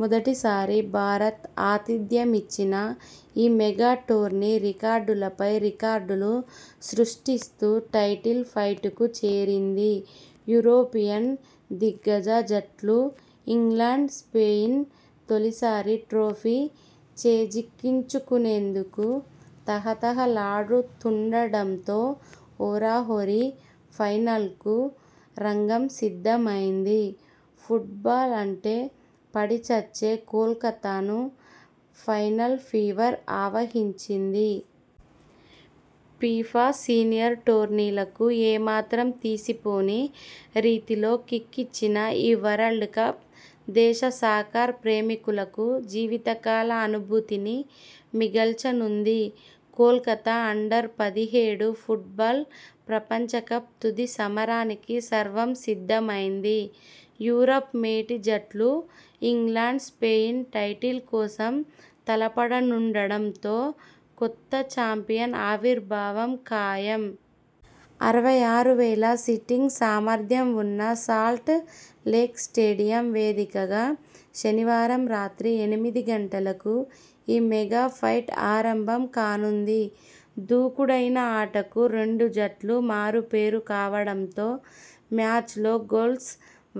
మొదటిసారి భారత్ ఆతిథ్యమిచ్చిన ఈ మెగా టోర్నీ రికార్డులపై రికార్డులు సృష్టిస్తూ టైటిల్ ఫైట్ కు చేరింది. యూరోపియన్ దిగ్గజ జట్లు ఇంగ్లండ్-స్పెయిన్ తొలిసారి ట్రోఫీ చేజక్కించుకొనేందుకు తహతహలాడుతుండడంతో హోరాహోరీ ఫైనల్ కు రంగం సిద్ధమైంది. ఫుట్ బాల్ అంటే పడి చచ్చే కోల్కతాను ఫైనల్ ఫీవర్ ఆవహించింది. ఫిఫా సీనియర్ టోర్నీలకు ఏమాత్రం తీసిపోని రీతిలో 'కిక్' ఇచ్చిన ఈ వరల్డ్ కప్ దేశ సాకర్ ప్రేమికులకు జీవితకాల అనుభూతిని మిగల్చనుంది. కోల్కతా అండర్ పదిహేడు ఫుట్ బాల్ ప్రపంచకప్ తుది సమరానికి సర్వం సిద్ధమైంది. యూరప్ మేటి జట్లు ఇంగ్లండ్-స్పెయిన్ టైటిల్ కోసం తలపడనుండడం తో కొత్త చాంపియన్ ఆవిర్భావం ఖాయం. అరవై ఆరు వేల సీటింగ్ సామర్థ్యం ఉన్న సాల్ట్ లేక్ స్టేడియం వేదికగా శనివారం రాత్రి ఎనిమిది గంటలకు ఈ మెగా ఫైట్ ఆరంభం కానుంది. దూకుడైన ఆటకు రెండు జట్లు మారుపేరు కావడంతో మ్యాచ్ లో గోల్స్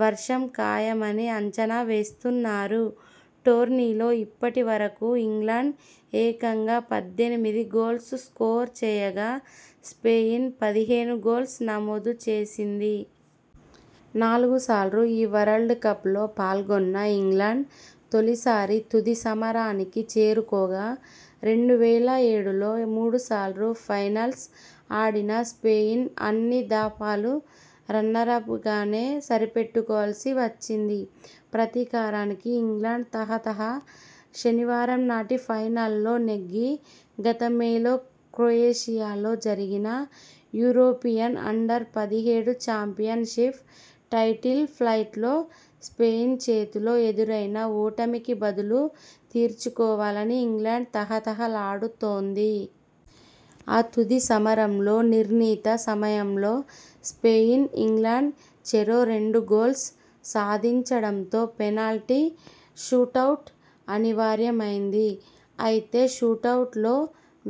వర్షం ఖాయమని అంచనా వేస్తున్నారు. టోర్నీలో ఇప్పటివరకూ ఇంగ్లండ్ ఏకంగా పద్దెనిమిది గోల్స్ స్కోరు చేయగా, స్పెయిన్ పదిహేను గోల్స్ నమోదు చేసింది. నాలుగు సార్లు ఈ వరల్డ్ కప్ లో పాల్గొన్న ఇంగ్లండ్ తొలిసారి తుది సమరానికి చేరుకోగా, రెండు వేల ఏడులో మూడుసార్లు ఫైనల్స్ ఆడిన స్పెయిన్ అన్ని దఫాలు రన్నరప్ గానే సరిపెట్టుకోవాల్సి వచ్చింది. ప్రతీకారానికి ఇంగ్లండ్ తహతహ. శనివారంనాటి ఫైనల్లో నెగ్గి గత మేలో క్రొయేషియాలో జరిగిన యూరోపి యన్ అండర్ పదిహేడు చాంపియన్ షిప్ టైటిల్ ఫైట్లో స్పెయిన్ చేతిలో ఎదురైన ఓటమికి బదులు తీర్చుకోవాలని ఇంగ్లండ్ తహతహలాడుతోంది. ఆ తుది సమరంలో నిర్ణీత సమయంలో స్పెయిన్ ఇంగ్లండ్ చెరో రెండు గోల్స్ సాధించడంతో పెనాల్టీ షూటౌట్ అనివార్యమైంది. అయితే షూటౌట్ లో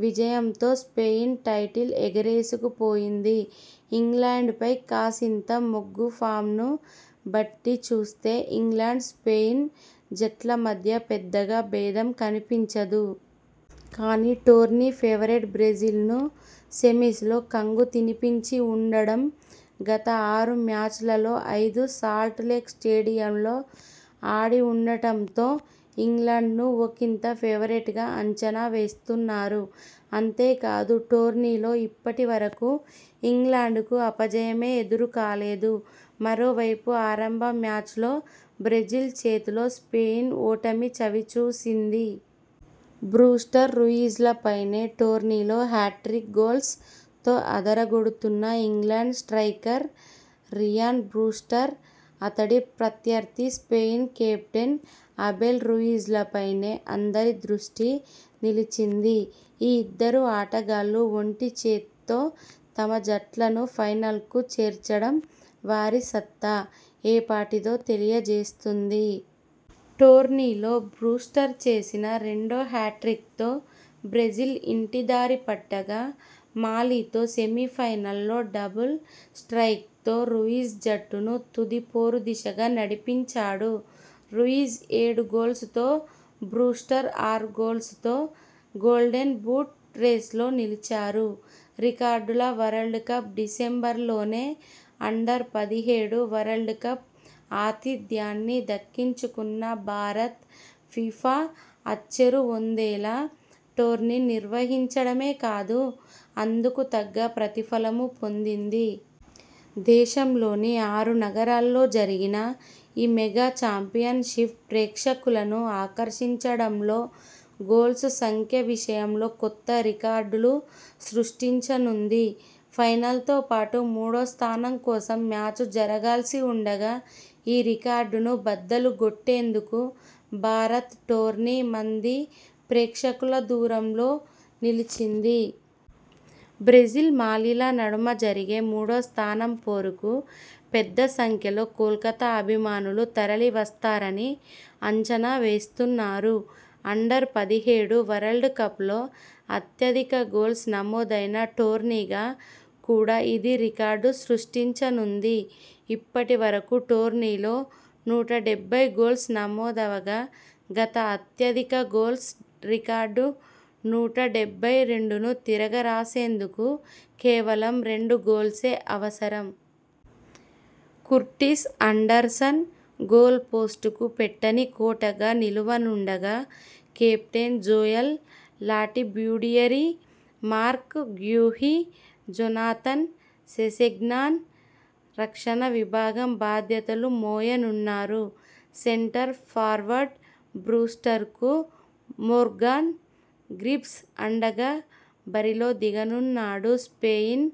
విజయంతో స్పెయిన్ టైటిల్ ఎగరేసుకుపోయింది. ఇంగ్లండ్ పై కాసింత మొగ్గు ఫామ్ ను బట్టి చూస్తే ఇంగ్లండ్ స్పెయిన్ జట్ల మధ్య పెద్దగా భేదం కనిపించదు. కానీ టోర్నీ ఫేవరెట్ బ్రెజిల్ ను సెమీస్ లో కంగుతినిపించి ఉండడం, గత ఆరు మ్యాచ్ లలో ఐదు సాల్ట్ లేక్ స్టేడియంలో ఆడివుండడంతో ఇంగ్లండ్ ను ఒకింత ఫేవరెట్ గా అంచనా వేస్తున్నారు. అంతేకాదు, టోర్నీలో ఇప్పటివరకూ ఇంగ్లండ్ కు అపజయమే ఎదురుకాలేదు. మరోవైపు ఆరంభ మ్యాచ్ లో బ్రెజిల్ చేతిలో స్పెయిన్ ఓటమి చవిచూసింది. బ్రూస్టర్ రూయిజ్ లపైనే టోర్నీలో హ్యాట్రిక్ గోల్స్ తో అదరగొడుతున్న ఇంగ్లండ్ స్ట్రయికర్ రియాన్ బ్రూస్టర్, అతడి ప్రత్యర్థి స్పెయిన్ కెప్టెన్ అబెల్ రూయిజ్ లపైనే అందరి దృష్టి నిలిచింది. ఈ ఇద్దరు ఆటగాళ్లు ఒంటిచేత్తో తమ జట్లను ఫైనల్కు చేర్చడం వారి సత్తా ఏపాటిదో తెలియజేస్తుంది. టోర్నీలో బ్రూస్టర్ చేసిన రెండో హ్యాట్రిక్ తో బ్రెజిల్ ఇంటిదారిపట్టగా మాలితో సెమీఫైనల్లో డబుల్ స్ర్టైక్ తో రూయిజ్ జట్టును తుది పోరు దిశగా నడిపించాడు. రూయిజ్ ఏడు గోల్స్ తో బ్రూస్టర్ ఆరు గోల్స్ తో 'గోల్డెన్ బూట్' రేస్ లో నిలిచారు. రికార్డుల వరల్డ్ కప్, డిసెంబరులోనే అండర్ పదిహేడు వరల్డ్ కప్ ఆతిథ్యాన్ని దక్కించుకున్న భారత్ ఫిఫా అచ్చెరువొందేలా టోర్నీ నిర్వహించడమే కాదు అందుకు తగ్గ ప్రతిఫలమూ పొందింది. దేశంలోని ఆరు నగరాల్లో జరిగిన ఈ మెగా చాంపియన్ షిప్ ప్రేక్షకులను ఆకర్షించడంలో, గోల్స్ సంఖ్య విషయంలో కొత్త రికార్డులు సృష్టించనుంది. ఫైనల్ తో పాటు మూడో స్థానం కోసం మ్యాచ్ జరగాల్సి ఉండగా, ఈ రికార్డును బద్దలు గొట్టేందుకు భారత్ టోర్నీ మంది ప్రేక్షకుల దూరంలో నిలిచింది. బ్రెజిల్ మాలిల నడుమ జరిగే మూడో స్థానం పోరుకూ పెద్దసంఖ్యలో కోల్కతా అభిమానులు తరలి వస్తారని అంచనా వేస్తున్నారు. అండర్ పదిహేడు వరల్డ్ కప్ లో అత్యధిక గోల్స్ నమోదైన టోర్నీగా కూడా ఇది రికార్డు సృష్టించనుంది. ఇప్పటివరకూ టోర్నీలో నూట డెబ్బై గోల్స్ నమోదవగా, గత అత్యధిక గోల్స్ రికార్డు నూట డెబ్బై రెండును తిరగ రాసేందుకు కేవలం రెండు గోల్సే అవసరం. కుర్టిస్ ఆండర్సన్ గోల్ పోస్టుకు పెట్టని కోటగా నిలువనుండగా captain Joel Latibeaudiere, Marc Guehi, Jonathan, Sessegnon రక్షణ విభాగం బాధ్యతలు మోయనున్నారు. సెంటర్ ఫార్వర్డ్ బ్రూస్టర్ కు మోర్గాన్ గిబ్స్ అండగా బరిలో దిగనున్నాడు. స్పెయిన్